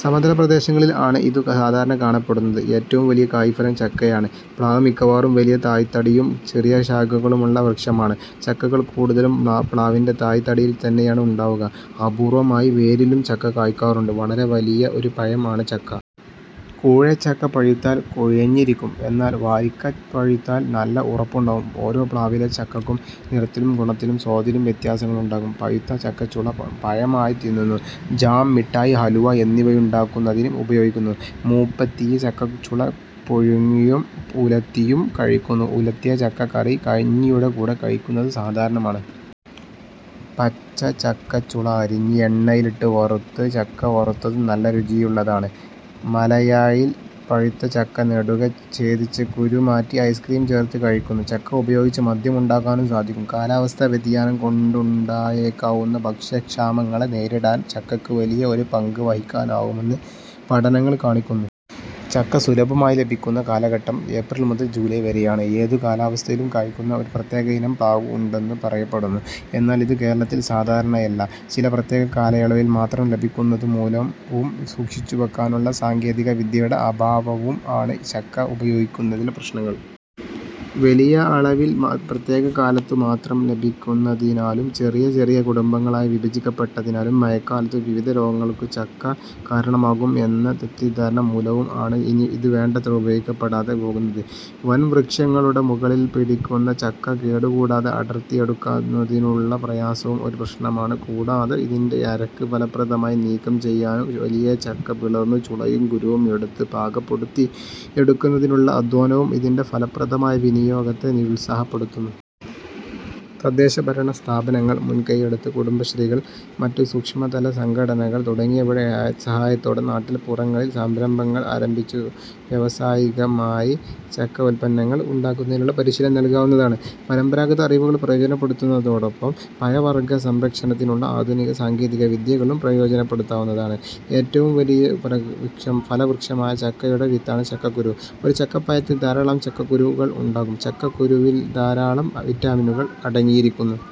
സമതല പ്രദേശങ്ങളിൽ ആണ് ഇതു സാധാരണ കാണപ്പെടുന്നത്. ഏറ്റവും വലിയ കായ്ഫലം ചക്കയാണ്. പ്ലാവ് മിക്കവാറും വലിയ തായ്ത്തടിയും ചെറിയ ശാഖകളുമുള്ള വൃക്ഷമാണ്. ചക്കകൾ കൂടുതലും പ്ലാവിന്റെ തായ്തടിയിൽ തന്നെയാണ് ഉണ്ടാവുക. അപൂർവ്വമായി വേരിലും ചക്ക കായ്ക്കാറുണ്ട്. വളരെ വലിയ ഒരു പഴം ആണ് ചക്ക. കൂഴ ചക്ക പഴുത്താൽ കുഴഞ്ഞിരിക്കും. എന്നാൽ വരിക്ക പഴുത്താലും നല്ല ഉറപ്പുണ്ടാകും. ഓരോ പ്ലാവിലെ ചക്കയ്ക്കും നിറത്തിലും ഗുണത്തിലും സ്വാദിലും വ്യത്യാസങ്ങൾ ഉണ്ടാകും. പഴുത്ത ചക്കച്ചുള പഴമായി തിന്നുന്നു. ജാം, മിഠായി, ഹലുവ എന്നിവയുണ്ടാക്കുന്നതിന് ഉപയോഗിക്കുന്നു. മൂപ്പെത്തിയ ചക്കച്ചുള പുഴുങ്ങിയും ഉലത്തിയും കഴിക്കുന്നു. ഉലത്തിയ ചക്കക്കറി കഞ്ഞിയുടെ കൂടെ കഴിക്കുന്നത് സാധാരണമാണ്. പച്ച ചക്കച്ചുള അരിഞ്ഞ് എണ്ണയിലിട്ട് വറുത്ത് ചക്കവറുത്തതും നല്ല രുചിയുള്ളതാണ്. മലയായിൽ പഴുത്ത ചക്ക നെടുകെ ഛേദിച്ച് കുരുമാറ്റി ഐസ്ക്രീം ചേർത്ത് കഴിക്കുന്നു. ചക്ക ഉപയോഗിച്ച് മദ്യം ഉണ്ടാക്കാനും സാധിക്കും. കാലാവസ്ഥാ വ്യതിയാനം കൊണ്ടുണ്ടായേക്കാവുന്ന ഭക്ഷ്യക്ഷാമങ്ങളെ നേരിടാൻ ചക്കയ്ക്ക് വലിയ ഒരു പങ്ക് വഹിക്കാനാവുമെന്ന് പഠനങ്ങൾ കാണിക്കുന്നു. ചക്ക സുലഭമായി ലഭിക്കുന്ന കാലഘട്ടം ഏപ്രിൽ മുതൽ ജൂലായ് വരെയാണ്. ഏതു കാലാവസ്ഥയിലും കായ്ക്കുന്ന ഒരു പ്രത്യേക ഇനം പ്ലാവ് ഉണ്ടെന്നു പറയപ്പെടുന്നു. എന്നാൽ ഇതു കേരളത്തിൽ സാധാരണയല്ല. ചില പ്രത്യേക കാലയളവിൽ മാത്രം ലഭിക്കുന്നതു മുലവും സൂക്ഷിച്ചു വെയ്ക്കാനുള്ള സാങ്കേതിക വിദ്യയുടെ അഭാവവും ആണ് ചക്ക ഉപയോഗിക്കുന്നതിലെ പ്രശ്നങ്ങൾ. വലിയ അളവിൽ പ്രത്യേക കാലത്തു മാത്രം ലഭിക്കുന്നതിനാലും, ചെറിയ ചെറിയ കുടുംബങ്ങളായി വിഭജിക്കപ്പെട്ടതിനാലും, മഴക്കാലത്തു വിവിധ രോഗങ്ങൾക്കു ചക്ക കാരണമാകും എന്ന തെറ്റിദ്ധാരണ മൂലവും ആണ് ഇത് വേണ്ടത്ര ഉപയോഗിക്കപ്പെടാതെ പോകുന്നത്. വൻ വൃക്ഷങ്ങളുടെ മുകളിൽ പിടിക്കുന്ന ചക്ക കേടു കൂടാതെ അടർത്തി എടുക്കുന്നതിനുള്ള പ്രയാസവും ഒരു പ്രശ്നമാണ് കൂടാതെ ഇതിന്റെ അരക്ക് ഫലപ്രദമായി നീക്കം ചെയ്യാനും വലിയ ചക്ക പിളർന്നു ചുളയും കുരുവും എടുത്ത് പാകപ്പെടുത്തി എടുക്കുന്നതിലുള്ള അധ്വാനവും ഇതിന്റെ ഫലപ്രദമായ വിനിയോഗത്തെ നിരുത്സാഹപ്പെടുത്തുന്നു. തദ്ദേശ ഭരണ സ്ഥാപനങ്ങൾ മുൻകൈ എടുത്ത് കുടുംബശ്രീകൾ, മറ്റു സൂക്ഷ്മതല സംഘടനകൾ തുടങ്ങിയവയുടെ സഹായത്തോടെ നാട്ടിൻ പുറങ്ങളിൽ സംരംഭങ്ങൾ ആരംഭിച്ചു വ്യാവസായികമായി ചക്കഉല്പന്നങ്ങൾ ഉണ്ടാക്കുന്നതിനുള്ള പരിശീലനം നല്കാവുന്നതാണ്. പരമ്പരാഗത അറിവുകൾ പ്രയോജനപ്പെടുത്തുന്നതോടൊപ്പം പഴവർഗ്ഗ സംരക്ഷണത്തിനുള്ള ആധുനിക സാങ്കേതിക വിദ്യകളും പ്രയോജനപ്പെടുത്താവുന്നതാണ്. ഏറ്റവും വലിയ ഫലവൃക്ഷമായ ചക്കയുടെ വിത്താണ് ചക്കക്കുരു. ഒരു ചക്കപ്പഴത്തിൽ ധാരാളം ചക്കകുരുക്കൾ ഉണ്ടാകും. ചക്കക്കുരുവിൽ ധാരാളം വിറ്റാമിനുകൾ അടങ്ങിയിരിക്കുന്നു.